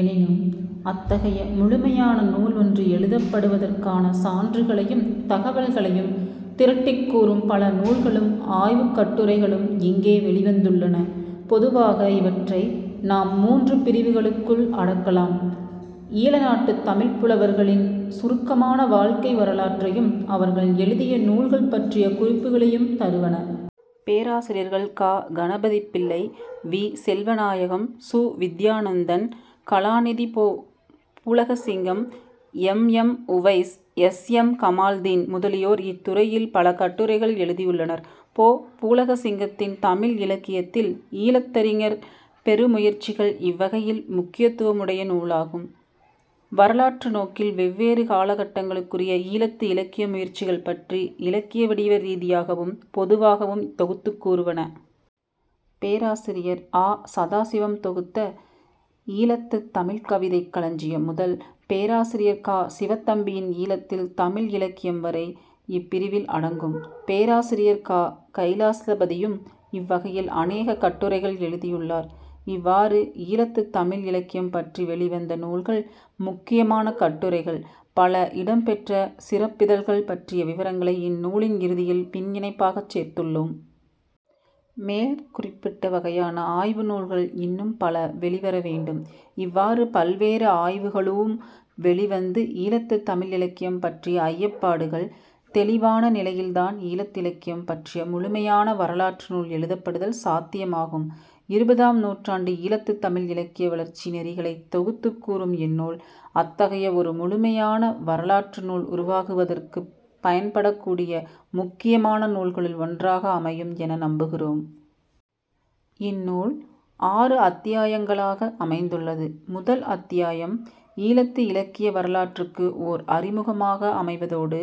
எனினும் அத்தகைய முழுமையான நூல் ஒன்று எழுதப்படுவதற்கான சான்றுகளையும், தகவல்களையும் திரட்டிக் கூறும் பல நூல்களும் ஆய்வுக் கட்டுரைகளும் இங்கே வௌிவந்துள்ளன. பொதுவாக இவற்றை நாம் மூன்று பிரிவுகளுக்குள் அடக்கலாம்.. ஈழநாட்டுத் தமிழ்ப் புலவர்களின் சுருக்கமான வாழ்க்கை வரலாற்றையும், அவர்கள் எழுதிய நூல்கள் பற்றிய குறிப்புகளையும் தருவன. பேராசிரியர்கள் க. கணபதிப்பிள்ளை, வி. செல்வநாயகம், சு. வித்தியானந்தன், கலாநிதி பொ. Poologasingam, M. M. Uwise, S. M. Kamaldeen முதலியோர் இத்துறையில் பல கட்டுரைகள் எழுதியுள்ளனர். பொ. பூலோகசிங்கத்தின் 'தமிழ் இலக்கியத்தில் ஈழத்தறிஞர் பெரு முயற்சிகள்' இவ்வகையில் முக்கியத்துவம் உடைய நூலாகும்.. வரலாற்று நோக்கில் வெவ்வேறு கால கட்டங்களுக்குரிய ஈழத்து இலக்கிய முயற்சிகள் பற்றி இலக்கியவடிவ ரீதியாகவும் பொதுவாகவும் தொகுத்துக் கூறுவன. பேராசிரியர். ஆ. சதாசிவம் தொகுத்த 'ஈழத்துத் தமிழ் கவிதைக் களஞ்சியம் ' முதல், பேராசிரியர் கா. சிவத்தம்பியின் ஈழத்தில் தமிழ் இலக்கியம் வரை இப்பிரிவில் அடங்கும். பேராசிரியர் க. கைலாசபதியும் இவ்வகையில் அநேக கட்டுரைகள்எழுதியுள்ளார். இவ்வாறு, ஈழத்துத் தமிழ் இலக்கியம் பற்றி வௌிவந்த நூல்கள், முக்கியமான கட்டுரைகள் பல இடம்பெற்ற சிறப்பிதழ்கள் பற்றிய விபரங்களை இந்நூலின் இறுதியில் பின் இணைப்பாகச் சேர்த்துள்ளோம். மேற்குறிப்பிட்ட வகையான ஆய்வு நூல்கள் இன்னும் பல வௌிவர வேண்டும். இவ்வாறு பல்வேறு ஆய்வுகளூம் வௌிவந்து ஈழத்துத் தமிழ் இலக்கியம் பற்றிய ஐயப்பாடுகள் தௌிவான நிலையில்தான் ஈழத்து இலக்கியம் பற்றிய முழுமையான வரலாற்று நூல் எழுதப்படுதல் சாத்தியமாகும். இருபதாம் நூற்றாண்டு ஈழத்து தமிழ் இலக்கிய வளர்ச்சி நெறிகளைத் தொகுத்துக் கூறும் இந்நூல் அத்தகைய ஒரு முழுமையான வரலாற்று நூல் உருவாகுவதற்குப் பயன்படக்கூடிய முக்கியமான நூல்களுள் ஒன்றாக அமையும் என நம்புகிறோம். இந்நூல் ஆறு அத்தியாயங்களாக அமைந்துள்ளது. முதல் அத்தியாயம் ஈழத்து இலக்கிய வரலாற்றுக்கு ஓர் அறிமுகமாக அமைவதோடு,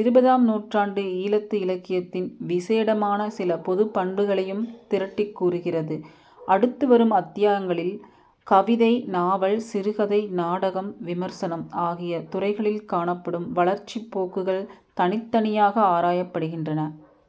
இருபதாம் நூற்றாண்டு ஈழத்து இலக்கியத்தின் விசேடமான சில பொதுப் பண்புகளையும் திரட்டிக் கூறுகிறது. அடுத்துவரும் அத்தியாங்களில் கவிதை, நாவல், சிறுகதை, நாடகம், விமர்சனம் ஆகிய துறைகளில் காணப்படும் வளர்ச்சிப் போக்குகள் தனித்தனியாக ஆராயப்படுகின்றன.